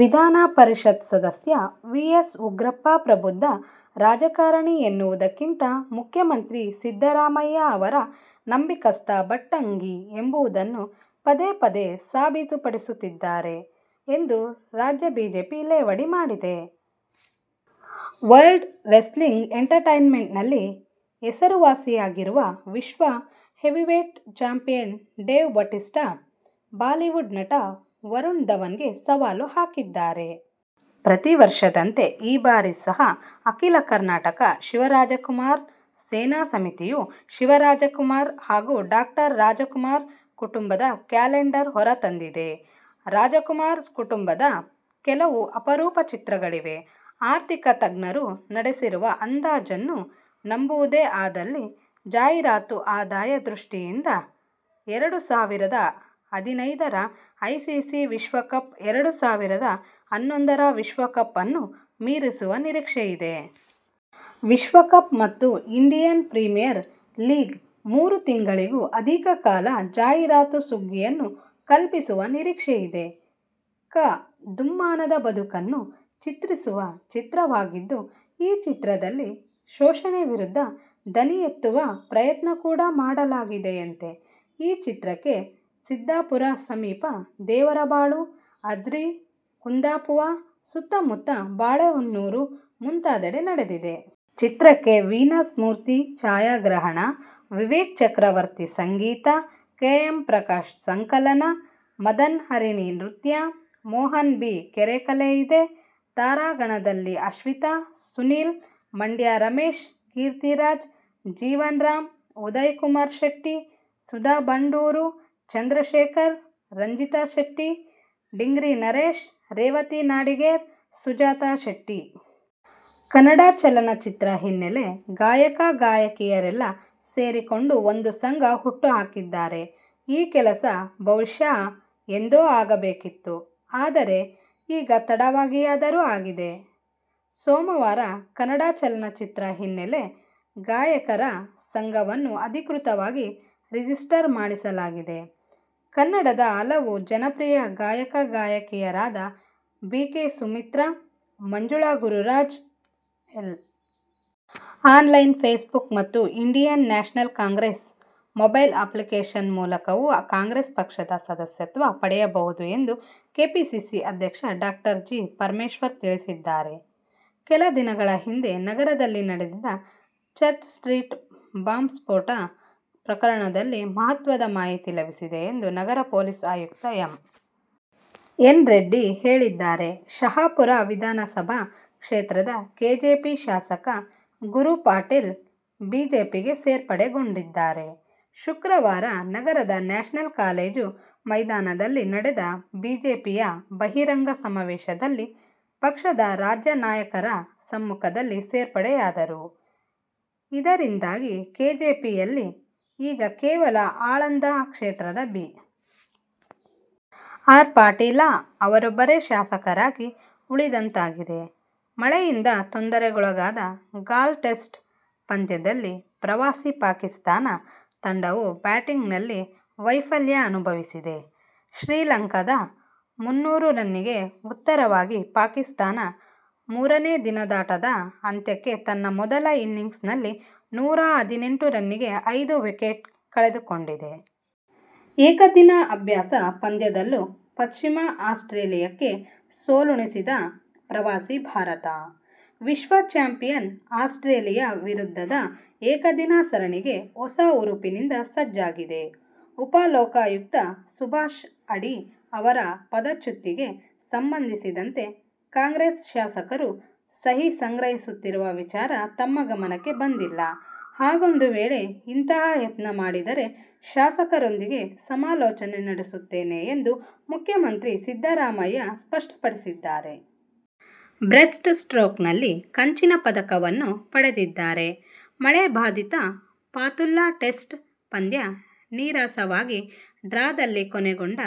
ವಿಧಾನಪರಿಷತ್ ಸದಸ್ಯ V. S. Ugrappa ಪ್ರಬುದ್ಧ ರಾಜಕಾರಣಿ ಎನ್ನುವುದಕ್ಕಿಂತ ಮುಖ್ಯಮಂತ್ರಿ ಸಿದ್ದರಾಮಯ್ಯ ಅವರ ನಂಬಿಕಸ್ತ ಭಟ್ಟಂಗಿ ಎಂಬುದನ್ನು ಪದೇಪದೇ ಸಾಬೀತುಪಡಿಸುತ್ತಿದ್ದಾರೆ ಎಂದು ರಾಜ್ಯ ಬಿಜೆಪಿ ಲೇವಡಿ ಮಾಡಿದೆ. ವರ್ಲ್ಡ್ ರೆಸ್ಲಿಂಗ್ ಎಂಟರ್ಟೇನ್ಮೆಂಟ್ನಲ್ಲಿ ಹೆಸರುವಾಸಿಯಾಗಿರುವ ವಿಶ್ವ heavyweight champion Dave Bautista Bollywood ನಟ ವರುಣ್ ಧವನ್ ಗೆ ಸವಾಲು ಹಾಕಿದ್ದಾರೆ. ಪ್ರತಿ ವರ್ಷದಂತೆ ಈ ಬಾರಿ ಸಹ ಅಖಿಲ ಕರ್ನಾಟಕ ಶಿವರಾಜಕುಮಾರ್ ಸೇನಾ ಸಮಿತಿಯು ಶಿವರಾಜಕುಮಾರ್ ಹಾಗೂ ಡಾ. ರಾಜಕುಮಾರ್ ಕುಟುಂಬದ ಕ್ಯಾಲೆಂಡರ್ ಹೊರತಂದಿದೆ. ರಾಜಕುಮಾರ್ ಕುಟುಂಬದ ಕೆಲವು ಅಪರೂಪ ಚಿತ್ರಗಳಿವೆ. ಆರ್ಥಿಕ ತಜ್ಞರು ನಡೆಸಿರುವ ಅಂದಾಜನ್ನು ನಂಬುವುದೇ ಆದಲ್ಲಿ ಜಾಹೀರಾತು ಆದಾಯ ದೃಷ್ಟಿಯಿಂದ ಎರಡು ಸಾವಿರದ ಹದಿನೈದರ ಐಸಿಸಿ ವಿಶ್ವಕಪ್ ಎರಡು ಸಾವಿರದ ಹನ್ನೊಂದರ ವಿಶ್ವಕಪ್ ಅನ್ನು ಮೀರಿಸುವ ನಿರೀಕ್ಷೆಯಿದೆ. ವಿಶ್ವಕಪ್ ಮತ್ತು ಇಂಡಿಯನ್ ಪ್ರೀಮಿಯರ್ ಲೀಗ್ ಮೂರು ತಿಂಗಳಿಗೂ ಅಧಿಕ ಕಾಲ ಜಾಹೀರಾತು ಸುಗ್ಗಿಯನ್ನು ಕಲ್ಪಿಸುವ ನಿರೀಕ್ಷೆಯಿದೆ. ಖ -ದುಮ್ಮಾನದ ಬದುಕನ್ನು ಚಿತ್ರಿಸುವ ಚಿತ್ರವಾಗಿದ್ದು, ಈ ಚಿತ್ರದಲ್ಲಿ ಶೋಷಣೆ ವಿರುದ್ಧ ದನಿ ಎತ್ತುವ ಪ್ರಯತ್ನ ಕೂಡಾ ಮಾಡಲಾಗಿದೆಯಂತೆ. ಈ ಚಿತ್ರಕ್ಕೆ ಸಿದ್ಧಾಪುರ ಸಮೀಪ ದೇವರಬಾಳು, ಅಜ್ರಿ, ಕುಂದಾಪುವ ಸುತ್ತಮುತ್ತ ಬಾಳೆಹೊನ್ನುರು ಮುಂತಾದೆಡೆ ನಡೆದಿದೆ. ಚಿತ್ರಕ್ಕೆ ವೀನಸ್ ಮೂರ್ತಿ ಛಾಯಾಗ್ರಹಣ, ವಿವೇಕ್ ಚಕ್ರವರ್ತಿ ಸಂಗೀತ, ಕೆ. ಎಂ. ಪ್ರಕಾಶ್ ಸಂಕಲನ, ಮದನ್ ಹರಿಣಿ ನೃತ್ಯ, ಮೋಹನ್ ಬಿ ಕೆರೆ ಕಲೆ ಇದೆ. ತಾರಾಗಣದಲ್ಲಿ ಅಶ್ವಿತಾ, ಸುನಿಲ್, ಮಂಡ್ಯ ರಮೇಶ್, ಕೀರ್ತಿರಾಜ್, ಜೀವನ್ ರಾಂ, ಉದಯ್ ಕುಮಾರ್ ಶೆಟ್ಟಿ, ಸುಧಾ ಬಂಡೂರು, ಚಂದ್ರಶೇಖರ್, ರಂಜಿತಾ ಶೆಟ್ಟಿ, ಡಿಂಗ್ರಿ ನರೇಶ್, ರೇವತಿ ನಾಡಿಗೇರ್, ಸುಜಾತಾ ಶೆಟ್ಟಿ. ಕನ್ನಡ ಚಲನಚಿತ್ರ ಹಿನ್ನೆಲೆ ಗಾಯಕ-ಗಾಯಕಿಯರೆಲ್ಲಾ ಸೇರಿಕೊಂಡು ಒಂದು ಸಂಘ ಹುಟ್ಟುಹಾಕಿದ್ದಾರೆ. ಈ ಕೆಲಸ ಬಹುಶಃ ಎಂದೋ ಆಗಬೇಕಿತ್ತು. ಆದರೆ, ಈಗ ತಡವಾಗಿಯಾದರೂ ಆಗಿದೆ. ಸೋಮವಾರ ಕನ್ನಡ ಚಲನಚಿತ್ರ ಹಿನ್ನೆಲೆ ಗಾಯಕರ ಸಂಘವನ್ನು ಅಧಿಕೃತವಾಗಿ ರಿಜಿಸ್ಟರ್ ಮಾಡಿಸಲಾಗಿದೆ. ಕನ್ನಡದ ಹಲವು ಜನಪ್ರಿಯ ಗಾಯಕ-ಗಾಯಕಿಯರಾದ B. K. Sumithra, Manjula Gururaj, L. Online, Facebook ಮತ್ತು Indian National Congress mobile application ಮೂಲಕವೂ ಕಾಂಗ್ರೆಸ್ ಪಕ್ಷದ ಸದಸ್ಯತ್ವ ಪಡೆಯಬಹುದು ಎಂದು ಕೆಪಿಸಿಸಿ ಅಧ್ಯಕ್ಷ ಡಾ ಜಿ. ಪರಮೇಶ್ವರ್ ತಿಳಿಸಿದ್ದಾರೆ. ಕೆಲ ದಿನಗಳ ಹಿಂದೆ ನಗರದಲ್ಲಿ ನಡೆದಿದ್ದ ಚರ್ಚ್ ಸ್ಟ್ರೀಟ್ ಬಾಂಬ್ ಸ್ಫೋಟ ಪ್ರಕರಣದಲ್ಲಿ ಮಹತ್ವದ ಮಾಹಿತಿ ಲಭಿಸಿದೆ ಎಂದು ನಗರ ಪೊಲೀಸ್ ಆಯುಕ್ತ ಎಂ. ಎನ್. ರೆಡ್ಡಿ ಹೇಳಿದ್ದಾರೆ. ಶಹಾಪುರ ವಿಧಾನಸಭಾ ಕ್ಷೇತ್ರದ ಕೆಜೆಪಿ ಶಾಸಕ ಗುರು ಪಾಟೀಲ್ ಬಿಜೆಪಿಗೆ ಸೇರ್ಪಡೆಗೊಂಡಿದ್ದಾರೆ. ಶುಕ್ರವಾರ ನಗರದ ನ್ಯಾಷನಲ್ ಕಾಲೇಜು ಮೈದಾನದಲ್ಲಿ ನಡೆದ ಬಿಜೆಪಿಯ ಬಹಿರಂಗ ಸಮಾವೇಶದಲ್ಲಿ ಪಕ್ಷದ ರಾಜ್ಯ ನಾಯಕರ ಸಮ್ಮುಖದಲ್ಲಿ ಸೇರ್ಪ ಡೆಯಾದರು. ಇದ ರಿಂದಾಗಿ ಕೆಜೆಪಿಯಲ್ಲಿ ಈಗ ಕೇವಲ ಆಳಂದ ಕ್ಷೇತ್ರದ ಬಿ. ಆರ್. ಪಾಟೀಲ ಅವರೊಬ್ಬರೇ ಶಾಸಕರಾಗಿ ಉಳಿದಂತಾಗಿದೆ. ಮಳೆಯಿಂದ ತೊಂದರೆಗೊಳಗಾದ ಗಾಲ್ ಟೆಸ್ಟ್ ಪಂದ್ಯದಲ್ಲಿ ಪ್ರವಾಸಿ ಪಾಕಿಸ್ಥಾನ ತಂಡವು ಬ್ಯಾಟಿಂಗ್ನಲ್ಲಿ ವೈಫಲ್ಯ ಅನುಭವಿಸಿದೆ. ಶ್ರೀಲಂಕಾದ ಮುನ್ನೂರು ರನ್ನಿಗೆ ಉತ್ತರವಾಗಿ ಪಾಕಿಸ್ಥಾನ ಮೂರನೇ ದಿನದಾಟದ ಅಂತ್ಯಕ್ಕೆ ತನ್ನ ಮೊದಲ ಇನ್ನಿಂಗ್ಸ್ನಲ್ಲಿ ನೂರಾ ಹದಿನೆಂಟು ರನ್ನಿಗೆ ಐದು ವಿಕೆಟ್ ಕಳೆದುಕೊಂಡಿದೆ. ಏಕದಿನ ಅಭ್ಯಾಸ ಪಂದ್ಯದಲ್ಲೂ ಪಶ್ಚಿಮ ಆಸ್ಟ್ರೇಲಿಯಕ್ಕೆ ಸೋಲುಣಿಸಿದ ಪ್ರವಾಸಿ ಭಾರತ, ವಿಶ್ವ ಚಾಂಪಿಯನ್ ಆಸ್ಟ್ರೇಲಿಯ ವಿರುದ್ಧದ ಏಕದಿನ ಸರಣಿಗೆ ಹೊಸ ಹುರುಪಿನಿಂದ ಸಜ್ಜಾಗಿದೆ. ಉಪಲೋಕಾಯುಕ್ತ ಸುಭಾಷ್ ಅಡಿ ಅವರ ಪದಚ್ಯುತಿಗೆ ಸಂಬಂಧಿಸಿದಂತೆ ಕಾಂಗ್ರೆಸ್ ಶಾಸಕರು ಸಹಿ ಸಂಗ್ರಹಿಸುತ್ತಿರುವ ವಿಚಾರ ತಮ್ಮ ಗಮನಕ್ಕೆ ಬಂದಿಲ್ಲ. ಹಾಗೊಂದು ವೇಳೆ ಇಂತಹ ಯತ್ನ ಮಾಡಿದರೆ ಶಾಸಕರೊಂದಿಗೆ ಸಮಾಲೋಚನೆ ನಡೆಸುತ್ತೇನೆ ಎಂದು ಮುಖ್ಯಮಂತ್ರಿ ಸಿದ್ದರಾಮಯ್ಯ ಸ್ಪಷ್ಟಪಡಿಸಿದ್ದಾರೆ. ಬ್ರೆಸ್ಟ್ ಸ್ಟ್ರೋಕ್ ನಲ್ಲಿ ಕಂಚಿನ ಪದಕವನ್ನು ಪಡೆದಿದ್ದಾರೆ. ಮಳೆಬಾಧಿತ ಫಾತುಲ್ಲಾ ಟೆಸ್ಟ್ ಪಂದ್ಯ ನೀರಸವಾಗಿ ಡ್ರಾದಲ್ಲಿ ಕೊನೆಗೊಂಡ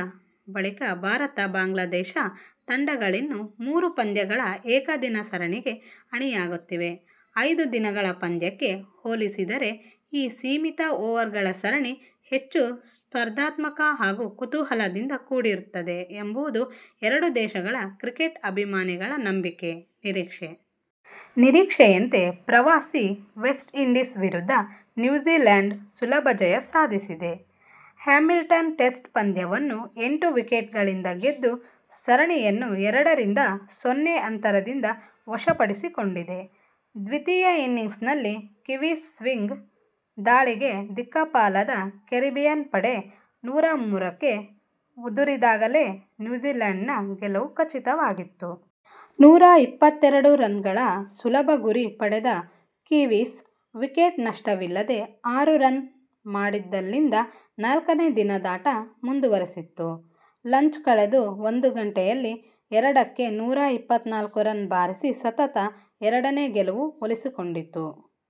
ಬಳಿಕ ಭಾರತ-ಬಾಂಗ್ಲಾದೇಶ ತಂಡಗಳಿನ್ನು ಮೂರು ಪಂದ್ಯಗಳ ಏಕದಿನ ಸರಣಿಗೆ ಅಣಿಯಾಗುತ್ತಿವೆ. ಐದು ದಿನಗಳ ಪಂದ್ಯಕ್ಕೆ ಹೋಲಿಸಿದರೆ ಈ ಸೀಮಿತ ಓವರ್ಗಳ ಸರಣಿ ಹೆಚ್ಚು ಸ್ಪರ್ಧಾತ್ಮಕ ಹಾಗೂ ಕುತೂಹಲದಿಂದ ಕೂಡಿರುತ್ತದೆ ಎಂಬುದು ಎರಡೂ ದೇಶಗಳ ಕ್ರಿಕೆಟ್ ಅಭಿಮಾನಿಗಳ ನಂಬಿಕೆ, ನಿರೀಕ್ಷೆ. ನಿರೀಕ್ಷೆಯಂತೆ ಪ್ರವಾಸಿ ವೆಸ್ಟ್ ಇಂಡೀಸ್ ವಿರುದ್ಧ ನ್ಯೂಜೀಲ್ಯಾಂಡ್ ಸುಲಭ ಜಯ ಸಾಧಿಸಿದೆ. ಹ್ಯಾಮಿಲ್ಟನ್ ಟೆಸ್ಟ್ ಪಂದ್ಯವನ್ನು ಎಂಟು ವಿಕೆಟ್ಗಳಿಂದ ಗೆದ್ದು ಸರಣಿಯನ್ನು ಎರಡ ರಿಂದ ಸೊನ್ನೆ ಅಂತರದಿಂದ ವಶಪಡಿಸಿಕೊಂಡಿದೆ. ದ್ವಿತೀಯ ಇನ್ನಿಂಗ್ಸ್ನಲ್ಲಿ ಕಿವೀಸ್ ಸ್ವಿಂಗ್ ದಾಳಿಗೆ ದಿಕ್ಕಾಪಾಲಾದ ಕೆರಿಬಿಯನ್ ಪಡೆ ನೂರಮೂರಕ್ಕೆ ಉದುರಿದಾಗಲೇ ನ್ಯೂಜೀಲ್ಯಾಂಡಿನ ಗೆಲುವು ಖಚಿತವಾಗಿತ್ತು. ನೂರಾ ಇಪ್ಪತ್ತೆರಡು ರನ್ನುಗಳ ಸುಲಭ ಗುರಿ ಪಡೆದ ಕಿವೀಸ್ ವಿಕೆಟ್ ನಷ್ಟವಿಲ್ಲದೆ ಆರು ರನ್ ಮಾಡಿದಲ್ಲಿಂದ ನಾಲ್ಕನೇ ದಿನದಾಟ ಮುಂದುವರಿಸಿತ್ತು. ಲಂಚ್ ಕಳೆದು ಒಂದು ಗಂಟೆಯಲ್ಲಿ ಎರಡಕ್ಕೆ ನೂರಾ ಇಪ್ಪತ್ತ್ನಾಲ್ಕು ರನ್ ಬಾರಿಸಿ ಸತತ ಎರಡನೇ ಗೆಲುವು ಒಲಿಸಿಕೊಂಡಿತು.